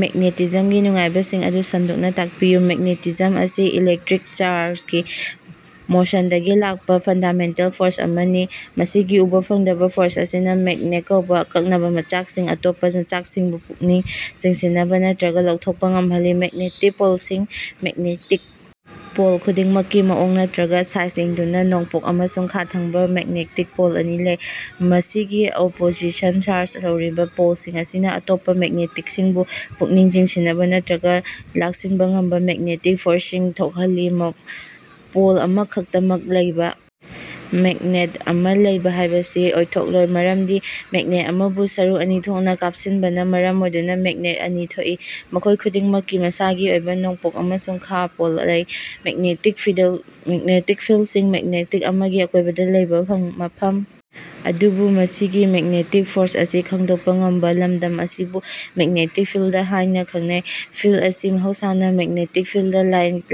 ꯃꯦꯒ꯭ꯅꯦꯇꯤꯖꯝꯒꯤ ꯅꯨꯡꯉꯥꯏꯕꯁꯤꯡ ꯑꯗꯨ ꯁꯟꯗꯣꯛꯅ ꯇꯥꯛꯄꯤꯌꯨ꯫ ꯃꯦꯒ꯭ꯅꯦꯇꯤꯖꯝ ꯑꯁꯤ ꯏꯂꯦꯛꯇꯔꯤꯛ ꯆꯥꯔꯖꯒꯤ ꯃꯣꯁꯟꯗꯒꯤ ꯂꯥꯛꯄꯥ ꯐꯟꯗꯥꯃꯦꯟꯇꯦꯜ ꯐꯣꯔꯁ ꯑꯃꯅꯤ꯫ ꯃꯁꯤꯒꯤ ꯎꯕ ꯐꯪꯗꯕ ꯐꯣꯔꯁ ꯑꯁꯤꯅ ꯃꯦꯒ꯭ꯅꯦꯠ ꯀꯧꯕꯥ ꯑꯀꯛꯅꯕ ꯃꯆꯥꯛꯁꯤꯡꯅ ꯑꯇꯣꯞꯄꯥ ꯃꯆꯥꯛꯁꯤꯡꯕꯨ ꯄꯨꯛꯅꯤꯡ ꯆꯤꯡꯁꯤꯅꯕ ꯅꯠꯇ꯭ꯔꯒꯥ ꯂꯧꯊꯣꯛꯄꯥ ꯉꯝꯍꯜꯂꯤ꯫ ꯃꯦꯒ꯭ꯅꯦꯇꯤꯛ ꯄꯣꯜꯁꯤꯡ: ꯃꯦꯒ꯭ꯅꯦꯇꯤꯛ ꯄꯣꯜ ꯈꯨꯗꯤꯡꯃꯛꯀꯤ ꯃꯑꯣꯡ ꯅꯠꯇ꯭ꯔꯒꯥ ꯁꯥꯏꯖ ꯌꯦꯡꯗꯅ, ꯅꯣꯡꯄꯣꯛ ꯑꯃꯁꯨꯡ ꯈꯥ ꯊꯪꯕ ꯃꯦꯒ꯭ꯅꯦꯇꯤꯛ ꯄꯣꯜ ꯑꯅꯤ ꯂꯩ꯫ ꯃꯁꯤꯒꯤ ꯑꯣꯄꯣꯖꯤꯁꯟ ꯆꯥꯔꯖ ꯇꯧꯔꯕ ꯄꯣꯜꯁꯤꯡ ꯑꯁꯤꯅ ꯑꯇꯣꯞꯄꯥ ꯃꯦꯒ꯭ꯅꯦꯇꯁꯤꯡꯕꯨ ꯄꯨꯛꯅꯤꯡ ꯆꯤꯡꯁꯤꯅꯕ ꯅꯠꯇ꯭ꯔꯒꯥ ꯂꯥꯛꯁꯤꯟꯕ ꯉꯝꯕ ꯃꯦꯒ꯭ꯅꯦꯇꯤꯛ ꯐꯣꯔꯁꯁꯤꯡ ꯊꯣꯛꯍꯜꯂꯤ꯫ ꯄꯣꯜ ꯑꯃꯈꯛꯇꯃꯛ ꯂꯩꯕ ꯃꯦꯒ꯭ꯅꯦꯠ ꯑꯃ ꯂꯩꯕ ꯍꯥꯏꯕꯁꯤ ꯑꯣꯏꯊꯣꯛꯂꯣꯏ, ꯃꯔꯝꯗꯤ ꯃꯦꯒ꯭ꯅꯦꯠ ꯑꯃꯕꯨ ꯁꯔꯨꯛ ꯑꯅꯤ ꯊꯣꯛꯅ ꯀꯥꯞꯁꯤꯟꯕꯅ ꯃꯔꯝ ꯑꯣꯏꯗꯨꯅ ꯃꯦꯒ꯭ꯅꯦꯠ ꯑꯅꯤ ꯊꯣꯛꯏ, ꯃꯈꯣꯏ ꯈꯨꯗꯤꯡꯃꯛꯀꯤ ꯃꯁꯥꯒꯤ ꯑꯣꯏꯕ ꯅꯣꯡꯄꯣꯛ ꯑꯃꯁꯨꯡ ꯈꯥ ꯄꯣꯜ ꯂꯩ꯫ ꯃꯦꯒ꯭ꯅꯦꯇꯤꯛ ꯐꯤꯜꯗꯁꯤꯡ: ꯃꯦꯒ꯭ꯅꯦꯇꯤꯛ ꯑꯃꯒꯤ ꯑꯀꯣꯏꯕꯗ ꯂꯩꯕ ꯃꯐꯝ ꯑꯗꯨꯕꯨ ꯃꯁꯤꯒꯤ ꯃꯦꯒ꯭ꯅꯦꯇꯤꯛ ꯐꯣꯔꯁ ꯑꯁꯤ ꯈꯪꯗꯣꯛꯄꯥ ꯉꯝꯕ ꯂꯝꯗꯝ ꯑꯁꯤꯕꯨ ꯃꯦꯒ꯭ꯅꯦꯇꯤꯛ ꯐꯤꯜꯗ ꯍꯥꯏꯅ ꯈꯪꯅꯩ꯫ ꯐꯤꯜꯗ ꯑꯁꯤ ꯃꯍꯧꯁꯥꯅ ꯃꯦꯒ꯭ꯅꯦꯇꯤꯛ ꯐꯤꯜꯗ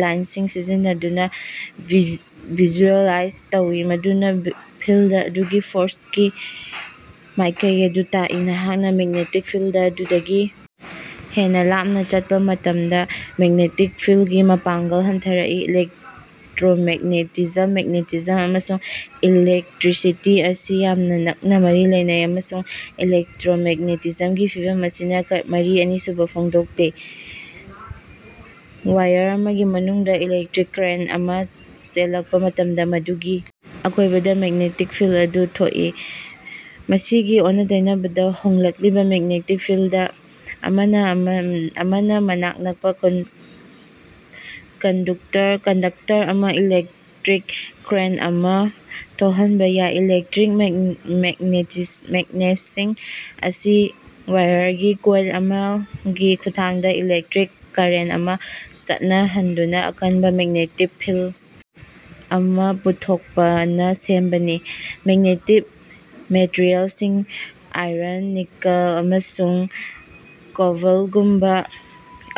ꯂꯥꯏꯟꯁꯤꯡ ꯁꯤꯖꯤꯟꯅꯗꯨꯅ ꯚꯤꯖꯨꯑꯦꯂꯥꯏꯖ ꯇꯧꯏ, ꯃꯗꯨꯅ ꯐꯤꯜꯗ ꯑꯗꯨꯒꯤ ꯐꯣꯔꯁꯀꯤ ꯃꯥꯏꯀꯩ ꯑꯗꯨ ꯇꯥꯛꯏ꯫ ꯅꯍꯥꯛꯅ ꯃꯦꯒ꯭ꯅꯦꯇꯤꯛ ꯐꯤꯜꯗ ꯑꯗꯨꯗꯒꯤ ꯍꯦꯟꯅ ꯂꯥꯞꯅ ꯆꯠꯄꯥ ꯃꯇꯝꯗ ꯃꯦꯒ꯭ꯅꯦꯇꯤꯛ ꯐꯤꯜꯗꯀꯤ ꯃꯄꯥꯉꯡꯒꯜ ꯍꯟꯊꯔꯛꯏ꯫ ꯏꯂꯦꯛꯇꯔꯣꯃꯦꯒ꯭ꯅꯦꯇꯤꯖꯝ: ꯃꯦꯒ꯭ꯅꯦꯇꯤꯖꯝ ꯑꯃꯁꯨꯡ ꯏꯂꯦꯛꯇꯔꯤꯁꯤꯇꯤ ꯑꯁꯤ ꯌꯥꯝꯅ ꯅꯛꯅ ꯃꯔꯤ ꯂꯩꯅꯦ, ꯑꯃꯁꯨꯡ ꯏꯂꯦꯛꯇꯔꯣꯃꯦꯒ꯭ꯅꯦꯇꯤꯖꯝꯒꯤ ꯐꯤꯚꯝ ꯑꯁꯤꯅ ꯃꯔꯤ ꯑꯁꯤꯕꯨ ꯐꯣꯡꯗꯣꯛꯂꯤ꯫ ꯋꯥꯏꯌꯔ ꯑꯃꯒꯤ ꯃꯅꯨꯡꯗ ꯏꯂꯦꯛꯇꯔꯤꯛ ꯀꯔꯦꯟꯇ ꯑꯃꯥ ꯆꯦꯜꯂꯛꯄꯥ ꯃꯇꯝꯗ ꯃꯗꯨꯒꯤ ꯑꯀꯣꯏꯕꯗ ꯃꯦꯒ꯭ꯅꯦꯇꯤꯛ ꯐꯤꯜꯗ ꯑꯃ ꯊꯣꯛꯏ꯫ ꯃꯁꯤꯒꯤ ꯑꯣꯟꯅ-ꯇꯩꯅꯕꯗ, ꯍꯣꯡꯂꯛꯂꯤꯕ ꯃꯦꯒ꯭ꯅꯦꯇꯤꯛ ꯐꯤꯜꯗ ꯑꯃꯅ ꯃꯅꯥꯛ ꯅꯛꯄꯥ ꯀꯟꯗꯨꯛꯇꯔ ꯑꯃꯗ ꯏꯂꯦꯛꯇꯔꯤꯛ ꯀꯔꯦꯟꯇ ꯑꯃ ꯊꯣꯛꯍꯟꯕ ꯌꯥꯏ꯫ ꯏꯂꯦꯛꯇꯔꯣꯃꯦꯒ꯭ꯅꯦꯇꯁꯤꯡ ꯑꯁꯤ ꯋꯥꯏꯌꯥꯔꯒꯤ ꯀꯣꯏꯜ ꯑꯃꯒꯤ ꯈꯨꯠꯊꯥꯡꯗ ꯏꯂꯦꯛꯇꯔꯤꯛ ꯀꯔꯦꯟꯇ ꯑꯃ ꯆꯠꯍꯟꯗꯨꯅ ꯑꯀꯟꯕ ꯃꯦꯒ꯭ꯅꯦꯇꯤꯛ ꯐꯤꯜꯗ ꯑꯃ ꯄꯨꯊꯣꯛꯄꯅ ꯁꯦꯝꯕꯅꯤ꯫ ꯃꯦꯒ꯭ꯅꯦꯇꯤꯛ ꯃꯦꯇꯔꯤꯑꯦꯜꯁꯤꯡ: ꯑꯥꯏꯔꯟ, ꯅꯤꯀꯜ, ꯑꯃꯁꯨꯡ ꯀꯣꯕꯜꯇꯒꯨꯝꯕ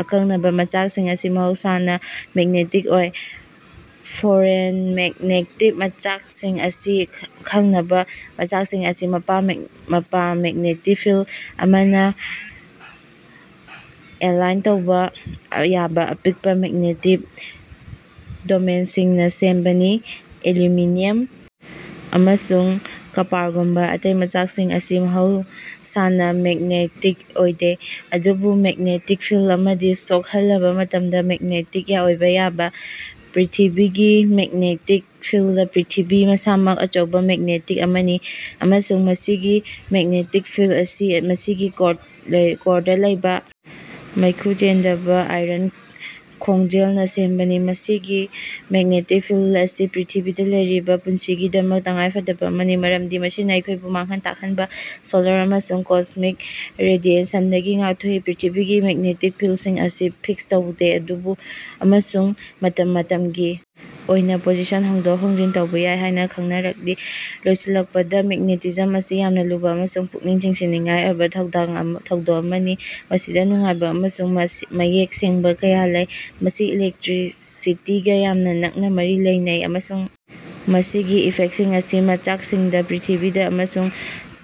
ꯑꯀꯛꯅꯕ ꯃꯆꯥꯛꯁꯤꯡ ꯑꯁꯤ ꯃꯍꯧꯁꯥꯅ ꯃꯦꯒ꯭ꯅꯦꯇꯤꯛ ꯑꯣꯏ꯫ ꯐꯦꯔꯣꯃꯦꯒ꯭ꯅꯦꯇꯤꯛ ꯃꯆꯥꯛꯁꯤꯡ ꯍꯥꯏꯅ ꯈꯪꯅꯕ ꯃꯆꯥꯛꯁꯤꯡ ꯑꯁꯤ ꯃꯄꯥ ꯃꯦꯒ꯭ꯅꯦꯇꯤꯛ ꯐꯤꯜꯗ ꯑꯃꯅ ꯑꯦꯂꯥꯏꯟ ꯇꯧꯕ ꯌꯥꯕ ꯑꯄꯤꯛꯄꯥ ꯃꯦꯒ꯭ꯅꯦꯇꯤꯛ ꯗꯣꯃꯦꯟꯁꯤꯡꯅ ꯁꯦꯝꯕꯅꯤ꯫ ꯑꯦꯂꯨꯃꯤꯅꯤꯌꯝ ꯑꯃꯁꯨꯡ ꯀꯄꯥꯔꯒꯨꯝꯕ ꯑꯇꯩ ꯃꯆꯥꯛꯁꯤꯡ ꯑꯁꯤ ꯃꯍꯧꯁꯥꯅ ꯃꯦꯒ꯭ꯅꯦꯇꯤꯛ ꯑꯣꯏꯗꯦ ꯑꯗꯨꯕꯨ ꯃꯦꯒ꯭ꯅꯦꯇꯤꯛ ꯐꯤꯜꯗ ꯑꯃꯗ ꯁꯣꯛꯍꯜꯂꯕ ꯃꯇꯝꯗ ꯃꯦꯒ꯭ꯅꯦꯇꯤꯛ ꯑꯣꯏꯕ ꯌꯥꯏ꯫ ꯄ꯭ꯔꯤꯊꯤꯕꯤꯒꯤ ꯃꯦꯒ꯭ꯅꯦꯇꯤꯛ ꯐꯤꯜꯗ: ꯄ꯭ꯔꯤꯊꯤꯕꯤ ꯃꯁꯥꯃꯛ ꯑꯆꯧꯕ ꯃꯦꯒ꯭ꯅꯦꯇꯤꯛ ꯑꯃꯅꯤ, ꯑꯃꯁꯨꯡ ꯃꯁꯤꯒꯤ ꯃꯦꯒ꯭ꯅꯦꯇꯤꯛ ꯐꯤꯜꯗ ꯑꯁꯤ ꯃꯁꯤꯒꯤ ꯀꯣꯔꯗꯥ ꯂꯩꯕ ꯃꯩꯈꯨ ꯆꯦꯟꯗꯕ ꯑꯥꯏꯔꯟ ꯈꯣꯡꯖꯦꯜꯅ ꯁꯦꯝꯕꯅꯤ꯫ ꯃꯁꯤꯒꯤ ꯃꯦꯒ꯭ꯅꯦꯇꯤꯛ ꯐꯤꯜꯗ ꯑꯁꯤ ꯄ꯭ꯔꯤꯊꯤꯕꯤꯗ ꯂꯩꯔꯤꯕ ꯄꯨꯟꯁꯤꯒꯤꯗꯃꯛ ꯇꯉꯥꯏꯐꯗꯕ ꯑꯃꯅꯤ, ꯃꯔꯝꯗꯤ ꯃꯁꯤꯅ ꯑꯩꯈꯣꯏꯕꯨ ꯃꯥꯡꯍꯟ ꯇꯥꯛꯍꯟꯅꯕ ꯁꯣꯂꯥꯔ ꯑꯃꯁꯨꯡ ꯀꯣꯁ꯭ꯃꯤꯛ ꯔꯦꯗꯤꯑꯦꯁꯟꯗꯒꯤ ꯉꯥꯛꯊꯣꯛꯏ꯫ ꯄ꯭ꯔꯤꯊꯤꯕꯤꯒꯤ ꯃꯦꯒ꯭ꯅꯦꯇꯤꯛ ꯄꯣꯜꯁꯤꯡ ꯑꯁꯤ ꯐꯤꯛꯁ ꯇꯧꯗꯦ ꯑꯃꯁꯨꯡ ꯃꯇꯝ ꯃꯇꯝꯒꯤ ꯑꯣꯏꯅ ꯄꯣꯖꯤꯁꯟ ꯍꯣꯡꯗꯣꯛ ꯍꯣꯡꯖꯤꯟ ꯇꯧꯕ ꯌꯥꯏ ꯍꯥꯏꯅ ꯈꯪꯅꯔꯛꯂꯤ꯫ ꯂꯣꯏꯁꯤꯜꯂꯛꯄꯗ, ꯃꯦꯒ꯭ꯅꯦꯇꯤꯖꯝ ꯑꯁꯤ ꯌꯥꯝꯅ ꯂꯨꯕ ꯑꯃꯁꯨꯡ ꯄꯨꯛꯅꯤꯡ ꯆꯤꯡꯁꯤꯟꯅꯤꯡꯉꯥꯏ ꯑꯣꯏꯕ ꯊꯧꯗꯣꯛ ꯑꯃꯅꯤ, ꯃꯁꯤꯗ ꯅꯨꯡꯉꯥꯏꯕ ꯑꯃꯁꯨꯡ ꯃꯌꯦꯛ ꯁꯦꯡꯕ ꯀꯌꯥ ꯂꯩ꯫ ꯃꯁꯤ ꯏꯂꯦꯛꯇꯔꯤꯁꯤꯇꯤꯒ ꯌꯥꯝꯅ ꯅꯛꯅ ꯃꯔꯤ ꯂꯩꯅꯩ, ꯑꯃꯁꯨꯡ ꯃꯁꯤꯒꯤ ꯏꯐꯦꯛꯇꯁꯤꯡ ꯑꯁꯤ ꯃꯆꯥꯛꯁꯤꯡꯗ, ꯄ꯭ꯔꯤꯊꯤꯕꯤꯗ ꯑꯃꯁꯨꯡ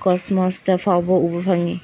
ꯀꯣꯁ꯭ꯃꯣꯁꯇꯥ ꯐꯥꯎꯕ ꯎꯕ ꯐꯪꯏ꯫